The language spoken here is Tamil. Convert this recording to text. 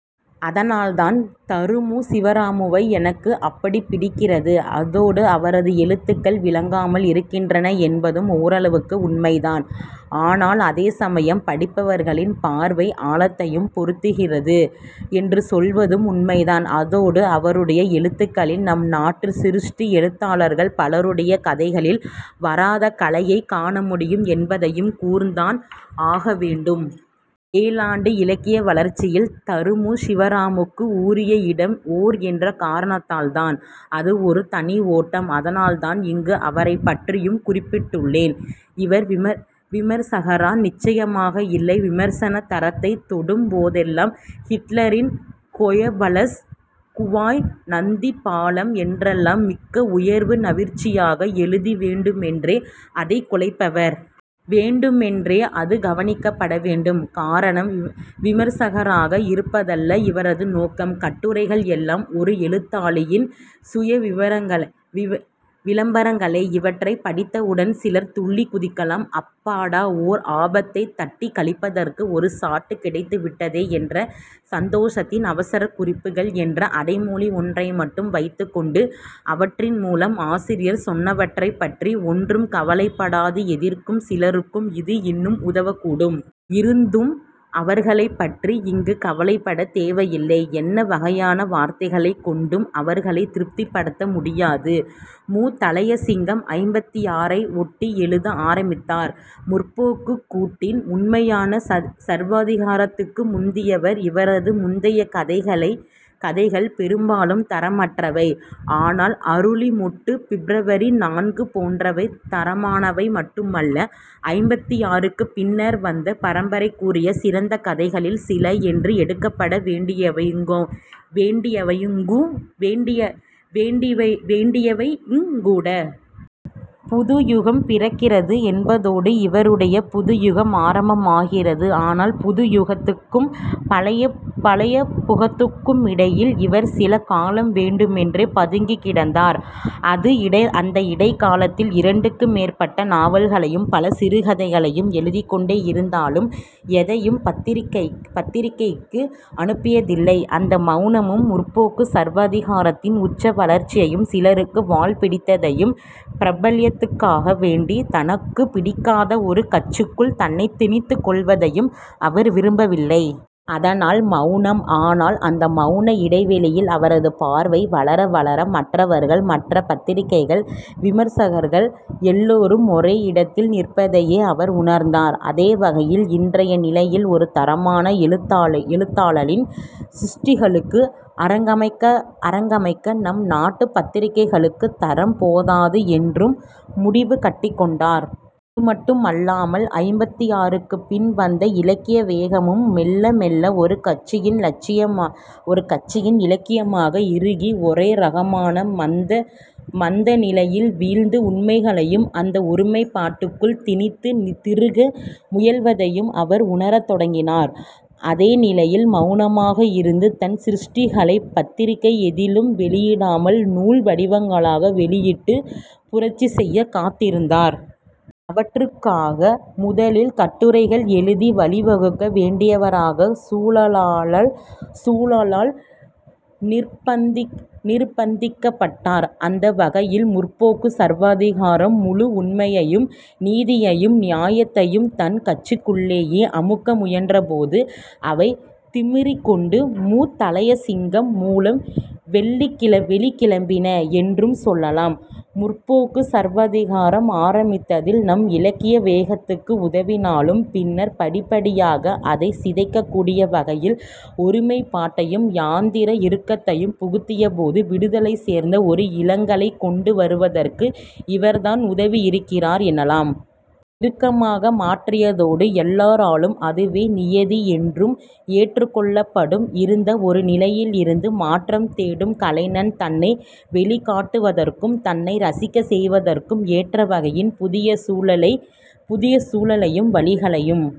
அதனால்தான் தருமு சிவராமுவை எனக்கு அப்படிப் பிடிக்கிறது. இதோடு அவரது எழுத்துகள் விளங்காமல் இருக்கின்றன என்பதும் ஓரளவுக்கு உண்மைதான். ஆனால் அதே சமயம், படிப்பவர்களின் பார்வை ஆழத்தையும் பொருத்திருக்கிறது என்று சொல்வதும் உண்மைதான். அதோடு அவருடைய எழுத்துகளில் நம் நாட்டு சிருஷ்டி எழுத்தாளர்கள் பலருடைய கதைகளில் வராத கலையைக் காண முடியும் என்பதையும் கூறித்தான் ஆக வேண்டும். ஏழாண்டு இலக்கிய வளர்ச்சியில் தருமு சிவராமுவுக்கு உரிய இடம் ஓர் என்ற காரணத்தால்தான். அது ஒரு தனி ஓட்டம். அதனால்தான் இங்கு அவரைப்பற்றியும் குறிப்பிட்டுள்ளேன். இவர் விமர்சகரா? நிச்சயமாக இல்லை. விமர்சனத் தரத்தைத் தொடும் போதெல்லாம் ஹிட்லரின் கோயபல்ஸ், குவாய் நதிப்பாலம் என்றெல்லாம் மிக்க உயர்வு நவிற்சியாக எழுதி வேண்டுமென்றே அதைக் குலைப்பவர். 'வேண்டுமென்றே' அது கவனிக்கப்பட வேண்டும். காரணம், விமர்சகராக இருப்பதல்ல இவரது நோக்கம். கட்டுரைகள் எல்லாம் ஒரு எழுத்தாளனின் சுய 'விளம்பரங்களே'. இவற்றைப் படித்தவுடன் சிலர் துள்ளிக் குதிக்கலாம். அப்பாடா ஓர் ஆபத்தைத் தட்டிக் கழிப்பதற்கு ஒரு சாட்டு கிடைத்துவிட்டதே என்ற சந்தோசத்தில். 'அவரசக்குறிப்புகள்' என்ற அடைமொழி ஒன்றை மட்டும் வைத்துக்கொண்டு அவற்றின் மூலம் ஆசிரியர் சொன்னவற்றைப்பற்றி ஒன்றும் கவலைப்படாது எதிர்க்கும் சிலருக்கு இது இன்னும் உதவக்கூடும். இருந்தும், அவர்களைப் பற்றி இங்கு கவலைப்படத் தேவையில்லை. என்ன வகையான வார்த்தைகளைக் கொண்டும் அவர்களைத் திருப்திப்படுத்த முடியாது. மு. தளையசிங்கம் ஐம்பத்தாறை ஓட்டி எழுத ஆரம்பித்தார். 'முற்போக்கு'க் கூட்டின் உண்மையான சர்வாதிகாரத்துக்கு முந்தியவர். இவரது முந்தைய கதைகள் பெரும்பாலும் தரமற்றவை. ஆனால் 'அருளி மொட்டு', 'பிப்ரவரி-நான்கு' போன்றவை தரமானவை மட்டுமல்ல, ஐம்பத்தாறுக்குப் பின்னர் வந்த பரம்பரைக்குரிய சிறந்த கதைகளில் சில என்று எடுக்கப்பட வேண்டியவையுங்கூட. 'புதுயுகம் பிறக்கிறது' என்பதோடு இவருடைய 'புதுயுகம்' ஆரம்பமாகிறது. ஆனால் புதுயுகத்துக்கும் பழைய புகத்துக்குமிடையில் இவர் சில காலம் வேண்டுமென்றே பதுங்கிக் கிடந்தார். அந்த இடைக்காலத்தில் இரண்டுக்கு மேற்பட்ட நாவல்களையும் பல சிறுகதைகளையும் எழுதிக்கொண்டே இருந்தாலும் எதையும் பத்திரிகைக்கு அனுப்பியதில்லை. அந்த மௌனமும் 'முற்போக்கு' சர்வாதிகாரத்தின் உச்ச வளர்ச்சியும் சிலருக்கு வால் பிடிப்பதையும், பிரபல்யத்துக்காக வேண்டி தனக்குப் பிடிக்காத ஒரு கட்சிக்குள் தன்னைத் திணித்துக் கொள்வதையும் அவர் விரும்பவில்லை. அதனால் மௌனம். ஆனால் அந்த மௌன இடைவெளியில் அவரது பார்வை வளர வளர மற்றவர்கள், மற்ற பத்திரிகைகள், விமர்சகர்கள் எல்லோரும் ஒரே இடத்தில் நிற்பதையே அவர் உணர்ந்தார். அதே வகையில் இன்றைய நிலையில் ஒரு தரமான எழுத்தாளனின் சிருஷ்டிகளுக்கு அரங்கமைக்க நம் நாட்டுப் பத்திரிகைகளுக்குத் தரம் போதாது என்றும் முடிவு கட்டிக்கொண்டார். அது மட்டுமல்லாமல் ஐம்பத்தாறுக்குப் பின் வந்த இலக்கிய வேகமும் மெல்ல மெல்ல ஒரு கட்சியின் இலக்கியமாக இறுகி ஒரே ரகமான மந்த நிலையில் வீழ்ந்து உண்மைகளையும் அந்த ஒருமைப்பாட்டுக்குள் திணித்துத் திருக முயல்வதையும் அவர் உணரத் தொடங்கினார். அதே நிலையில் மௌனமாக இருந்து தன் சிருஷ்டிகளைப் பத்திரிகை எதிலும் வெளியிடாமல் நூல் வடிவங்களாக வெளியிட்டு புரட்சி செய்யக் காத்திருந்தார். அவற்றுக்காக முதலில் கட்டுரைகள் எழுதி வழிவகுக்க வேண்டியவராக சூழலால் நிர்பந்திக்கப்பட்டார். அந்த வகையில் 'முற்போக்கு' சர்வாதிகாரம் முழு உண்மையையும் நீதியையும் நியாயத்தையும் தன் கட்சிக்குள்ளேயே அமுக்க முயன்றபோது அவை திமிறிக்கொண்டு மு. தளையசிங்கம் மூலம் வெளிக்கிளம்பின என்றும் சொல்லலாம். 'முற்போக்கு' சர்வாதிகாரம் ஆரம்பத்தில் நம் இலக்கிய வேகத்துக்கு உதவினாலும் பின்னர் படிப்படியாக அதைச் சிதைக்கக்கூடிய வகையில் ஒருமைப்பாட்டையும் யந்திர இறுக்கத்தையும் புகுத்தியபோது விடுதலை சேர்ந்த ஒரு இளகலை கொண்டு வருவதற்கு இவர்தான் உதவியிருக்கிறார் எனலாம். இறுக்கமாக மாறியதோடு எல்லாராலும் அதுவே நியதி என்றும் ஏற்றுக்கொள்ளப்பட்டும் இருந்த ஒரு நிலையிலிருந்து மாற்றம் தேடும் கலைஞன் தன்னை வெளிக்காட்டுவதற்கும் தன்னை ரசிக்கச் செய்வதற்கும் ஏற்றவகையில் புதிய சூழலையும் வழிகளையும்